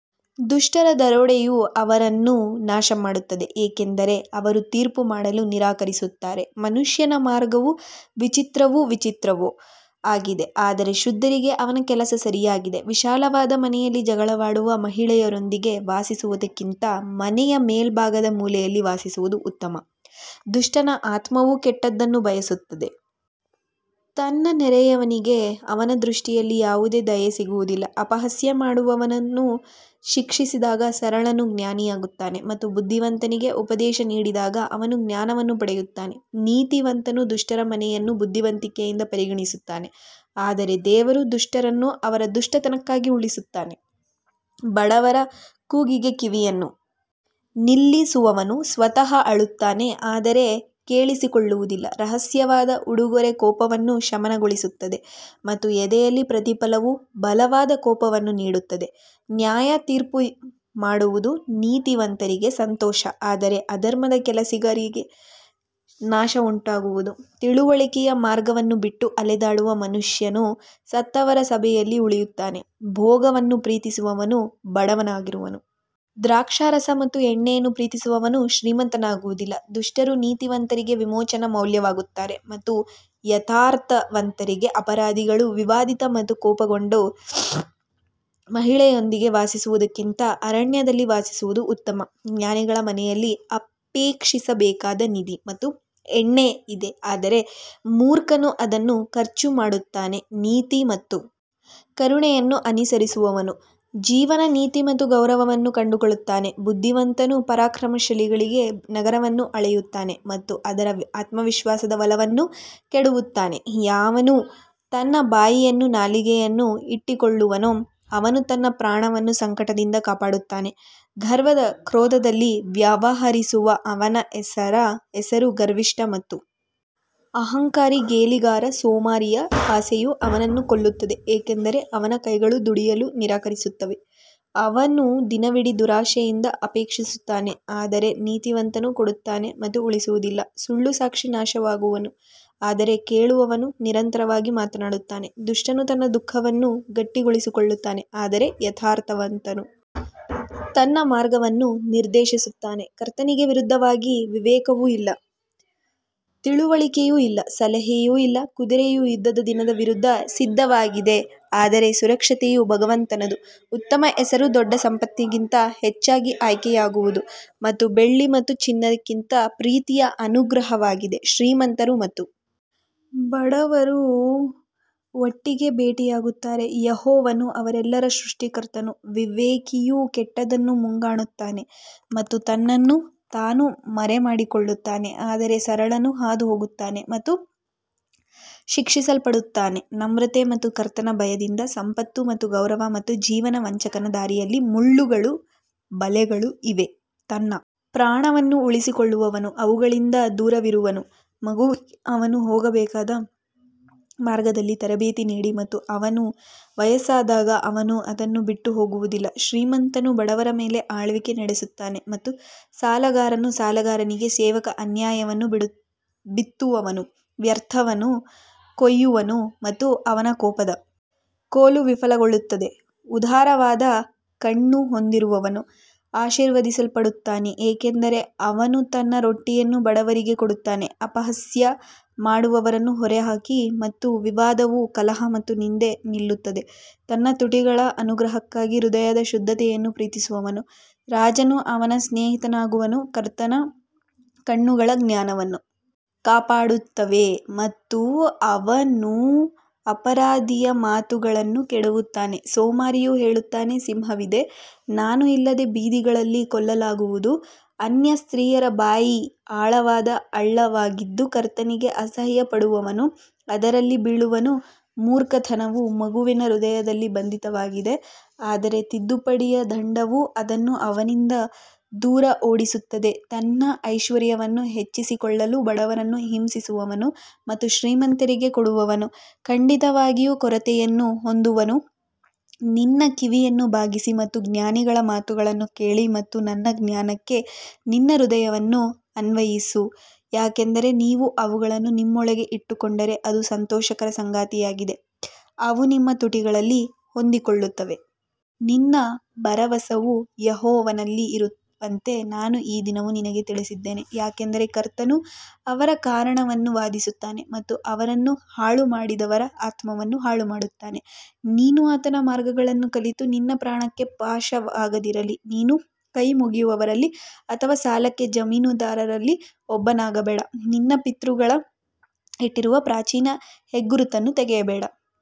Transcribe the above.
ದುಷ್ಟರ ದರೋಡೆಯು ಅವರನ್ನು ನಾಶಮಾಡುತ್ತದೆ ಏಕೆಂದರೆ ಅವರು ತೀರ್ಪು ಮಾಡಲು ನಿರಾಕರಿಸುತ್ತಾರೆ ಮನುಷ್ಯನ ಮಾರ್ಗವು ವಿಚಿತ್ರವೂ ವಿಚಿತ್ರವೂ ಆಗಿದೆ ಆದರೆ ಶುದ್ಧರಿಗೆ ಅವನ ಕೆಲಸ ಸರಿಯಾಗಿದೆ ವಿಶಾಲವಾದ ಮನೆಯಲ್ಲಿ ಜಗಳವಾಡುವ ಮಹಿಳೆಯೊಂದಿಗೆ ವಾಸಿಸುವುದಕ್ಕಿಂತ ಮನೆಯ ಮೇಲ್ಭಾಗದ ಮೂಲೆಯಲ್ಲಿ ವಾಸಿಸುವುದು ಉತ್ತಮ ದುಷ್ಟನ ಆತ್ಮವು ಕೆಟ್ಟದ್ದನ್ನು ಬಯಸುತ್ತದೆ, ತನ್ನ ನೆರೆಯವನಿಗೆ ಅವನ ದೃಷ್ಟಿಯಲ್ಲಿ ಯಾವುದೇ ದಯೆ ಸಿಗುವುದಿಲ್ಲ ಅಪಹಾಸ್ಯ ಮಾಡುವವನನ್ನು ಶಿಕ್ಷಿಸಿದಾಗ ಸರಳನು ಜ್ಞಾನಿಯಾಗುತ್ತಾನೆ ಮತ್ತು ಬುದ್ಧಿವಂತನಿಗೆ ಉಪದೇಶ ನೀಡಿದಾಗ ಅವನು ಜ್ಞಾನವನ್ನು ಪಡೆಯುತ್ತಾನೆ ನೀತಿವಂತನು ದುಷ್ಟರ ಮನೆಯನ್ನು ಬುದ್ಧಿವಂತಿಕೆಯಿಂದ ಪರಿಗಣಿಸುತ್ತಾನೆ ಆದರೆ ದೇವರು ದುಷ್ಟರನ್ನು ಅವರ ದುಷ್ಟತನಕ್ಕಾಗಿ ಉರುಳಿಸುತ್ತಾನೆ ಬಡವರ ಕೂಗಿಗೆ ಕಿವಿಯನ್ನು ನಿಲ್ಲಿಸುವವನು ಸ್ವತಃ ಅಳುತ್ತಾನೆ ಆದರೆ ಕೇಳಿಸಿಕೊಳ್ಳುವುದಿಲ್ಲ ರಹಸ್ಯವಾದ ಉಡುಗೊರೆ ಕೋಪವನ್ನು ಶಮನಗೊಳಿಸುತ್ತದೆ ಮತ್ತು ಎದೆಯಲ್ಲಿ ಪ್ರತಿಫಲವು ಬಲವಾದ ಕೋಪವನ್ನು ನೀಡುತ್ತದೆ ನ್ಯಾಯತೀರ್ಪುಮಾಡುವುದು ನೀತಿವಂತರಿಗೆ ಸಂತೋಷ ಆದರೆ ಅಧರ್ಮದ ಕೆಲಸಗಾರರಿಗೆ ನಾಶನವುಂಟಾಗುವುದು ತಿಳುವಳಿಕೆಯ ಮಾರ್ಗವನ್ನು ಬಿಟ್ಟು ಅಲೆದಾಡುವ ಮನುಷ್ಯನು ಸತ್ತವರ ಸಭೆಯಲ್ಲಿ ಉಳಿಯುತ್ತಾನೆ ಭೋಗವನ್ನು ಪ್ರೀತಿಸುವವನು ಬಡವನಾಗಿರುವನು, ದ್ರಾಕ್ಷಾರಸ ಮತ್ತು ಎಣ್ಣೆಯನ್ನು ಪ್ರೀತಿಸುವವನು ಶ್ರೀಮಂತನಾಗುವುದಿಲ್ಲ ದುಷ್ಟರು ನೀತಿವಂತರಿಗೆ ವಿಮೋಚನಾ ಮೌಲ್ಯವಾಗುತ್ತಾರೆ ಮತ್ತು ಯಥಾರ್ಥವಂತರಿಗೆ ಅಪರಾಧಿಗಳು ವಿವಾದಿತ ಮತ್ತು ಕೋಪಗೊಂಡ ಮಹಿಳೆಯೊಂದಿಗೆ ವಾಸಿಸುವುದಕ್ಕಿಂತ ಅರಣ್ಯದಲ್ಲಿ ವಾಸಿಸುವುದು ಉತ್ತಮ ಜ್ಞಾನಿಗಳ ಮನೆಯಲ್ಲಿ ಅಪೇಕ್ಷಿಸಬೇಕಾದ ನಿಧಿ ಮತ್ತು ಎಣ್ಣೆ ಇದೆ ಆದರೆ ಮೂರ್ಖನು ಅದನ್ನು ಖರ್ಚುಮಾಡುತ್ತಾನೆ ನೀತಿ ಮತ್ತು ಕರುಣೆಯನ್ನು ಅನುಸರಿಸುವವನು ಜೀವನ ನೀತಿ ಮತ್ತು ಗೌರವವನ್ನು ಕಂಡುಕೊಳ್ಳುತ್ತಾನೆ ಬುದ್ಧಿವಂತನು ಪರಾಕ್ರಮಶಾಲಿಗಳ ನಗರವನ್ನು ಅಳೆಯುತ್ತಾನೆ ಮತ್ತು ಅದರ ಆತ್ಮವಿಶ್ವಾಸದ ಬಲವನ್ನು ಕೆಡವುತ್ತಾನೆ ಯಾವನು ತನ್ನ ಬಾಯಿಯನ್ನೂ ನಾಲಿಗೆಯನ್ನೂ ಇಟ್ಟುಕೊಳ್ಳುವನೋ ಅವನು ತನ್ನ ಪ್ರಾಣವನ್ನು ಸಂಕಟದಿಂದ ಕಾಪಾಡುತ್ತಾನೆ ಗರ್ವದ ಕ್ರೋಧದಲ್ಲಿ ವ್ಯವಹರಿಸುವ ಅವನ ಹೆಸರು ಗರ್ವಿಷ್ಠ ಮತ್ತು ಅಹಂಕಾರಿ ಗೇಲಿಗಾರ ಸೋಮಾರಿಯ ಆಸೆಯು ಅವನನ್ನು ಕೊಲ್ಲುತ್ತದೆ ಏಕೆಂದರೆ ಅವನ ಕೈಗಳು ದುಡಿಯಲು ನಿರಾಕರಿಸುತ್ತವೆ ಅವನು ದಿನವಿಡೀ ದುರಾಶೆಯಿಂದ ಅಪೇಕ್ಷಿಸುತ್ತಾನೆ ಆದರೆ ನೀತಿವಂತನು ಕೊಡುತ್ತಾನೆ ಮತ್ತು ಉಳಿಸುವುದಿಲ್ಲ ಸುಳ್ಳು ಸಾಕ್ಷಿ ನಾಶವಾಗುವನು ಆದರೆ ಕೇಳುವವನು ನಿರಂತರವಾಗಿ ಮಾತನಾಡುತ್ತಾನೆ ದುಷ್ಟನು ತನ್ನ ಮುಖವನ್ನು ಗಟ್ಟಿಗೊಳಿಸಿಕೊಳ್ಳುತ್ತಾನೆ ಆದರೆ ಯಥಾರ್ಥವಂತನು ತನ್ನ ಮಾರ್ಗವನ್ನು ನಿರ್ದೇಶಿಸುತ್ತಾನೆ ಕರ್ತನಿಗೆ ವಿರುದ್ಧವಾಗಿ ವಿವೇಕವೂ ಇಲ್ಲ, ತಿಳುವಳಿಕೆಯೂ ಇಲ್ಲ, ಸಲಹೆಯೂ ಇಲ್ಲ ಕುದುರೆಯು ಯುದ್ಧದ ದಿನದ ವಿರುದ್ಧ ಸಿದ್ಧವಾಗಿದೆ ಆದರೆ ಸುರಕ್ಷತೆಯು ಭಗವಂತನದು ಉತ್ತಮ ಹೆಸರು ದೊಡ್ಡ ಸಂಪತ್ತಿಗಿಂತ ಹೆಚ್ಚಾಗಿ ಆಯ್ಕೆಯಾಗುವುದು ಮತ್ತು ಬೆಳ್ಳಿ ಮತ್ತು ಚಿನ್ನಕ್ಕಿಂತ ಪ್ರೀತಿಯ ಅನುಗ್ರಹವಾಗಿದೆ ಶ್ರೀಮಂತರು ಮತ್ತು ಬಡವರು ಒಟ್ಟಿಗೆ ಭೇಟಿಯಾಗುತ್ತಾರೆ ಯೆಹೋವನು ಅವರೆಲ್ಲರ ಸೃಷ್ಟಿಕರ್ತನು ವಿವೇಕಿಯು ಕೆಟ್ಟದ್ದನ್ನು ಮುಂಗಾಣುತ್ತಾನೆ ಮತ್ತು ತನ್ನನ್ನು ತಾನು ಮರೆಮಾಡಿಕೊಳ್ಳುತ್ತಾನೆ ಆದರೆ ಸರಳನು ಹಾದುಹೋಗುತ್ತಾನೆ ಮತ್ತು ಶಿಕ್ಷಿಸಲ್ಪಡುತ್ತಾನೆ ನಮ್ರತೆ ಮತ್ತು ಕರ್ತನ ಭಯದಿಂದ ಸಂಪತ್ತು ಮತ್ತು ಗೌರವ ಮತ್ತು ಜೀವನ ವಂಚಕನ ದಾರಿಯಲ್ಲಿ ಮುಳ್ಳುಗಳೂ ಬಲೆಗಳೂ ಇವೆ, ತನ್ನ ಪ್ರಾಣವನ್ನು ಉಳಿಸಿಕೊಳ್ಳುವವನು ಅವುಗಳಿಂದ ದೂರವಿರುವನು ಮಗುವಿಗೆ ಅವನು ಹೋಗಬೇಕಾದ ಮಾರ್ಗದಲ್ಲಿ ತರಬೇತಿ ನೀಡಿ ಮತ್ತು ಅವನು ವಯಸ್ಸಾದಾಗ ಅವನು ಅದನ್ನು ಬಿಟ್ಟು ಹೋಗುವುದಿಲ್ಲ ಶ್ರೀಮಂತನು ಬಡವರ ಮೇಲೆ ಆಳ್ವಿಕೆ ನಡೆಸುತ್ತಾನೆ ಮತ್ತು ಸಾಲಗಾರನು ಸಾಲಗಾರನಿಗೆ ಸೇವಕ ಅನ್ಯಾಯವನ್ನು ಬಿತ್ತುವವನು ವ್ಯರ್ಥವನ್ನು ಕೊಯ್ಯುವನು ಮತ್ತು ಅವನ ಕೋಪದ ಕೋಲು ವಿಫಲಗೊಳ್ಳುತ್ತದೆ ಉದಾರವಾದ ಕಣ್ಣು ಹೊಂದಿರುವವನು ಆಶೀರ್ವದಿಸಲ್ಪಡುತ್ತಾನೆ ಏಕೆಂದರೆ ಅವನು ತನ್ನ ರೊಟ್ಟಿಯನ್ನು ಬಡವರಿಗೆ ಕೊಡುತ್ತಾನೆ ಅಪಹಾಸ್ಯ ಮಾಡುವವರನ್ನು ಹೊರಹಾಕಿ ಮತ್ತು ವಿವಾದವು ಕಲಹ ಮತ್ತು ನಿಂದೆ ನಿಲ್ಲುತ್ತದೆ ತನ್ನ ತುಟಿಗಳ ಅನುಗ್ರಹಕ್ಕಾಗಿ ಹೃದಯದ ಶುದ್ಧತೆಯನ್ನು ಪ್ರೀತಿಸುವವನು ರಾಜನು ಅವನ ಸ್ನೇಹಿತನಾಗುವನು ಕರ್ತನ ಕಣ್ಣುಗಳು ಜ್ಞಾನವನ್ನು ಕಾಪಾಡುತ್ತವೆ ಮತ್ತು ಅವನು ಅಪರಾಧಿಯ ಮಾತುಗಳನ್ನು ಕೆಡವುತ್ತಾನೆ ಸೋಮಾರಿಯು ಹೇಳುತ್ತಾನೆ ಸಿಂಹವಿದೆ ನಾನು ಇಲ್ಲದೆ ಬೀದಿಗಳಲ್ಲಿ ಕೊಲ್ಲಲಾಗುವುದು ಅನ್ಯ ಸ್ತ್ರೀಯರ ಬಾಯಿ ಆಳವಾದ ಹಳ್ಳವಾಗಿದ್ದು ಕರ್ತನಿಗೆ ಅಸಹ್ಯಪಡುವವನು ಅದರಲ್ಲಿ ಬೀಳುವನು ಮೂರ್ಖತನವು ಮಗುವಿನ ಹೃದಯದಲ್ಲಿ ಬಂಧಿತವಾಗಿದೆ ಆದರೆ ತಿದ್ದುಪಡಿಯ ದಂಡವು ಅದನ್ನು ಅವನಿಂದ ದೂರ ಓಡಿಸುತ್ತದೆ ತನ್ನ ಐಶ್ವರ್ಯವನ್ನು ಹೆಚ್ಚಿಸಿಕೊಳ್ಳಲು ಬಡವರನ್ನು ಹಿಂಸಿಸುವವನು ಮತ್ತು ಶ್ರೀಮಂತರಿಗೆ ಕೊಡುವವನು ಖಂಡಿತವಾಗಿಯೂ ಕೊರತೆಯನ್ನು ಹೊಂದುವನು ನಿನ್ನ ಕಿವಿಯನ್ನು ಬಾಗಿಸಿ ಮತ್ತು ಜ್ಞಾನಿಗಳ ಮಾತುಗಳನ್ನು ಕೇಳಿ ಮತ್ತು ನನ್ನ ಜ್ಞಾನಕ್ಕೆ ನಿನ್ನ ಹೃದಯವನ್ನು ಅನ್ವಯಿಸು ಯಾಕಂದರೆ ನೀವು ಅವುಗಳನ್ನು ನಿಮ್ಮೊಳಗೆ ಇಟ್ಟುಕೊಂಡರೆ ಅದು ಸಂತೋಷಕರ ಸಂಗತಿಯಾಗಿದೆ, ಅವು ನಿಮ್ಮ ತುಟಿಗಳಲ್ಲಿ ಹೊಂದಿಕೊಳ್ಳುತ್ತವೆ. ನಿನ್ನ ಭರವಸವು ಯೆಹೋವನಲ್ಲಿ ಇರುವಂತೆ ನಾನು ಈ ದಿನವೂ ನಿನಗೆ ತಿಳಿಸಿದ್ದೇನೆ ಯಾಕಂದರೆ ಕರ್ತನು ಅವರ ಕಾರಣವನ್ನು ವಾದಿಸುತ್ತಾನೆ ಮತ್ತು ಅವರನ್ನು ಹಾಳು ಮಾಡಿದವರ ಆತ್ಮವನ್ನು ಹಾಳುಮಾಡುತ್ತಾನೆ ನೀನು ಆತನ ಮಾರ್ಗಗಳನ್ನು ಕಲಿತು ನಿನ್ನ ಪ್ರಾಣಕ್ಕೆ ಪಾಶವಾಗದಿರಲಿ ನೀನು ಕೈಮುಗಿಯುವವರಲ್ಲಿ ಅಥವಾ ಸಾಲಕ್ಕೆ ಜಾಮೀನುದಾರರಲ್ಲಿ ಒಬ್ಬನಾಗಬೇಡ ನಿನ್ನ ಪಿತೃಗಳು ಇಟ್ಟಿರುವ ಪ್ರಾಚೀನ ಹೆಗ್ಗುರುತನ್ನು ತೆಗೆಯಬೇಡ.